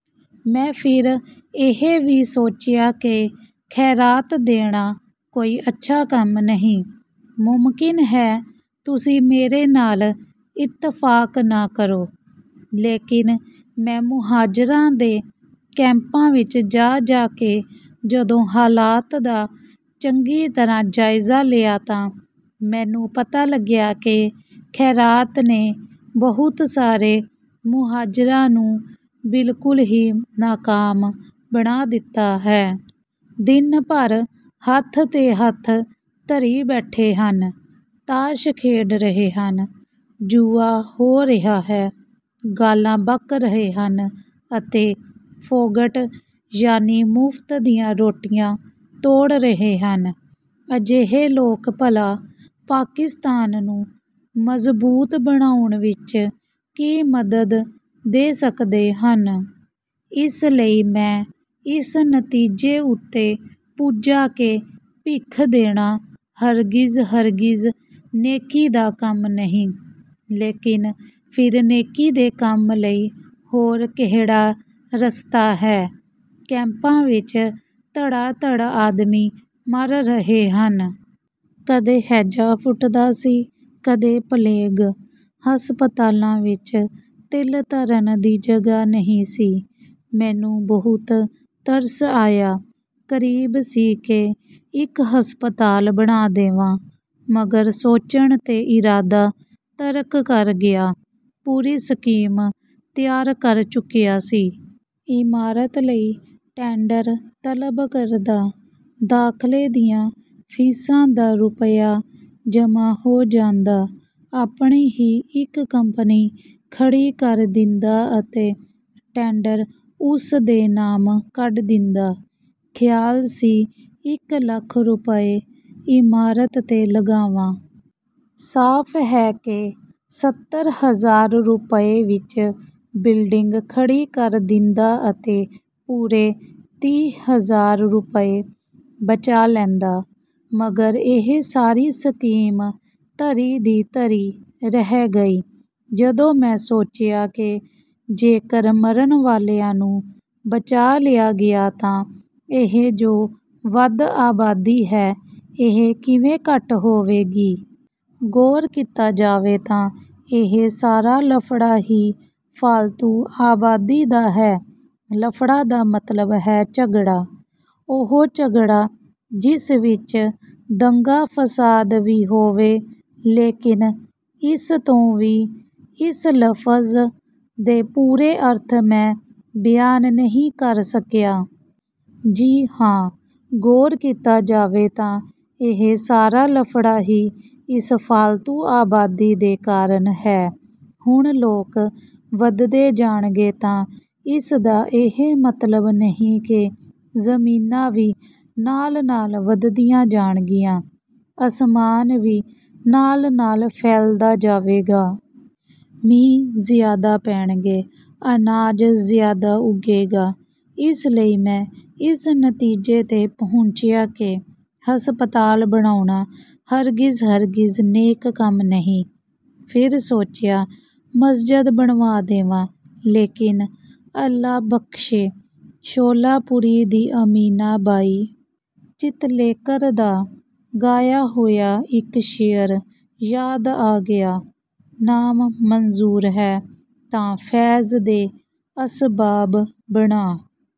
ਮੈਂ ਫਿਰ ਇਹ ਵੀ ਸੋਚਿਆ ਕਿ ਖ਼ੈਰਾਤ ਦੇਣਾ ਕੋਈ ਅੱਛਾ ਕੰਮ ਨਹੀਂ। ਮੁਮਕਿਨ ਹੈ ਤੁਸੀਂ ਮੇਰੇ ਨਾਲ ਇੱਤਫਾਕ ਨਾ ਕਰੋ। ਲੇਕਿਨ ਮੈਂ ਮੁਹਾਜਿਰਾਂ ਦੇ ਕੈਂਪਾਂ ਵਿੱਚ ਜਾ ਜਾ ਕੇ ਜਦੋਂ ਹਾਲਾਤ ਦਾ ਚੰਗੀ ਤਰ੍ਹਾਂ ਜਾਇਜ਼ਾ ਲਿਆ ਤਾਂ ਮੈਨੂੰ ਪਤਾ ਚੱਲਿਆ ਕਿ ਖ਼ੈਰਾਤ ਨੇ ਬਹੁਤ ਸਾਰੇ ਮੁਹਾਜਿਰਾਂ ਨੂੰ ਬਿਲਕੁਲ ਹੀ ਨਾਕਾਮ ਬਣਾ ਦਿੱਤਾ ਹੈ। ਦਿਨ-ਭਰ ਹੱਥ ਤੇ ਹੱਥ ਧਰੀ ਬੈਠੇ ਹਨ। ਤਾਸ਼ ਖੇਡ ਰਹੇ ਹਨ। ਜੂਆ ਹੋ ਰਿਹਾ ਹੈ। ਗਾਲਾਂ ਬਕ ਰਹੇ ਹਨ ਅਤੇ ਫ਼ੋਗਟ, ਯਾਨੀ ਮੁਫ਼ਤ ਦੀਆਂ ਰੋਟੀਆਂ ਤੋੜ ਰਹੇ ਹਨ। ਅਜਿਹੇ ਲੋਕ ਭਲਾ ਪਾਕਿਸਤਾਨ ਨੂੰ ਮਜ਼ਬੂਤ ਬਣਾਉਣ ਵਿੱਚ ਕੀ ਮਦਦ ਦੇ ਸਕਦੇ ਹਨ। ਇਸ ਲਈ ਮੈਂ ਇਸ ਨਤੀਜੇ ਉੱਤੇ ਪੁੱਜਾ ਕਿ ਭਿੱਖ ਦੇਣਾ ਹਰਗਿਜ਼ ਹਰਗਿਜ਼ ਨੇਕੀ ਦਾ ਕੰਮ ਨਹੀਂ। ਲੇਕਿਨ ਫਿਰ ਨੇਕੀ ਦੇ ਕੰਮ ਲਈ ਹੋਰ ਕਿਹੜਾ ਰਸਤਾ ਹੈ? ਕੈਂਪਾਂ ਵਿੱਚ ਧੜਾ-ਧੜ ਆਦਮੀ ਮਰ ਰਹੇ ਸਨ। ਕਦੇ ਹੈਜ਼ਾ ਫੁੱਟਦਾ ਸੀ, ਕਦੇ ਪਲੇਗ। ਹਸਪਤਾਲਾਂ ਵਿੱਚ ਤਿਲ ਧਰਨ ਦੀ ਜਗ੍ਹਾ ਨਹੀਂ ਸੀ। ਮੈਨੂੰ ਬਹੁਤ ਤਰਸ ਆਇਆ। ਕਰੀਬ ਸੀ ਕਿ ਇੱਕ ਹਸਪਤਾਲ ਬਣਵਾ ਦੇਵਾਂ, ਮਗਰ ਸੋਚਣ ਤੇ ਇਰਾਦਾ ਤਰਕ ਕਰ ਦਿੱਤਾ। ਪੂਰੀ ਸਕੀਮ ਤਿਆਰ ਕਰ ਚੁੱਕਿਆ ਸੀ। ਇਮਾਰਤ ਲਈ ਟੈਂਡਰ ਤਲਬ ਕਰਦਾ। ਦਾਖ਼ਲੇ ਦੀਆਂ ਫ਼ੀਸਾਂ ਦਾ ਰੁਪਿਆ ਜਮਾਂ ਹੋ ਜਾਂਦਾ। ਆਪਣੀ ਹੀ ਇੱਕ ਕੰਪਨੀ ਖੜੀ ਕਰ ਦਿੰਦਾ ਅਤੇ ਟੈਂਡਰ ਉਸ ਦੇ ਨਾਮ ਕੱਢ ਦਿੰਦਾ। ਖ਼ਿਆਲ ਸੀ ਇੱਕ ਲੱਖ ਰੁਪਏ ਇਮਾਰਤ ਤੇ ਲਾਵਾਂਗਾ। ਸਾਫ਼ ਹੈ ਕਿ ਸੱਤਰ ਹਜ਼ਾਰ ਰੁਪਏ ਵਿੱਚ ਬਿਲਡਿੰਗ ਖੜੀ ਕਰ ਦਿੰਦਾ ਅਤੇ ਪੂਰੇ ਤੀਹ ਹਜ਼ਾਰ ਰੁਪਏ ਬਚਾ ਲੈਂਦਾ। ਮਗਰ ਇਹ ਸਾਰੀ ਸਕੀਮ ਧਰੀ ਦੀ ਧਰੀ ਰਹਿ ਗਈ। ਜਦੋਂ ਮੈਂ ਸੋਚਿਆ ਕਿ ਜੇਕਰ ਮਰਨ ਵਾਲਿਆਂ ਨੂੰ ਬਚਾ ਲਿਆ ਗਿਆ ਤਾਂ ਇਹ ਜੋ ਵੱਧ ਆਬਾਦੀ ਹੈ, ਇਹ ਕਿਵੇਂ ਘੱਟ ਹੋਵੇਗੀ? ਗ਼ੌਰ ਕੀਤਾ ਜਾਵੇ ਤਾਂ ਇਹ ਸਾਰਾ ਲਫ਼ੜਾ ਹੀ ਫ਼ਾਲਤੂ ਆਬਾਦੀ ਦਾ ਹੈ। ਲਫ਼ੜਾ ਦਾ ਮਤਲਬ ਹੈ ਝਗੜਾ, ਉਹ ਝਗੜਾ ਜਿਸ ਵਿੱਚ ਦੰਗਾ-ਫ਼ਸਾਦ ਵੀ ਹੋਵੇ। ਲੇਕਿਨ ਇਸ ਤੋਂ ਵੀ ਇਸ ਲਫ਼ਜ਼ ਦੇ ਪੂਰੇ ਅਰਥ ਮੈਂ ਬਿਆਨ ਨਹੀਂ ਕਰ ਸਕਿਆ। ਜੀ ਹਾਂ, ਗ਼ੌਰ ਕੀਤਾ ਜਾਵੇ ਤਾਂ ਇਹ ਸਾਰਾ ਲਫ਼ੜਾ ਹੀ ਇਸ ਫ਼ਾਲਤੂ ਆਬਾਦੀ ਦੇ ਕਾਰਨ ਹੈ। ਹੁਣ ਲੋਕ ਵੱਧਦੇ ਜਾਣਗੇ ਤਾਂ ਇਸ ਦਾ ਇਹ ਮਤਲਬ ਨਹੀਂ ਕਿ ਜ਼ਮੀਨਾਂ ਵੀ ਨਾਲ-ਨਾਲ ਵਧਦੀਆਂ ਜਾਣਗੀਆਂ। ਅਸਮਾਨ ਵੀ ਨਾਲ-ਨਾਲ ਫੈਲਦਾ ਜਾਵੇਗਾ। ਮੀਂਹ ਜ਼ਿਆਦਾ ਪੈਣਗੇ। ਅਨਾਜ ਜ਼ਿਆਦਾ ਉੱਗੇਗਾ। ਇਸ ਲਈ ਮੈਂ ਇਸ ਨਤੀਜੇ ਤੇ ਪਹੁੰਚਿਆ ਕਿ ਹਸਪਤਾਲ ਬਣਾਉਣਾ ਹਰਗਿਜ਼ ਹਰਗਿਜ਼ ਨੇਕ ਕੰਮ ਨਹੀਂ। ਫਿਰ ਸੋਚਿਆ ਮਸਜਦ ਬਣਵਾ ਦੇਵਾਂ। ਲੇਕਿਨ ਅੱਲਾ ਬਖ਼ਸ਼ੇ ਸ਼ੋਲਾਪੁਰੀ ਦੀ ਅਮੀਨਾ ਬਾਈ ਚਿਤਲੇਕਰ ਦਾ ਗਾਇਆ ਹੋਇਆ ਇੱਕ ਸ਼ੇਅਰ ਯਾਦ ਆ ਗਿਆ, "ਨਾਮ ਮਨਜ਼ੂਰ ਹੈ ਤਾਂ ਫ਼ੈਜ਼ ਦੇ ਅਸਬਾਬ ਬਣਾ"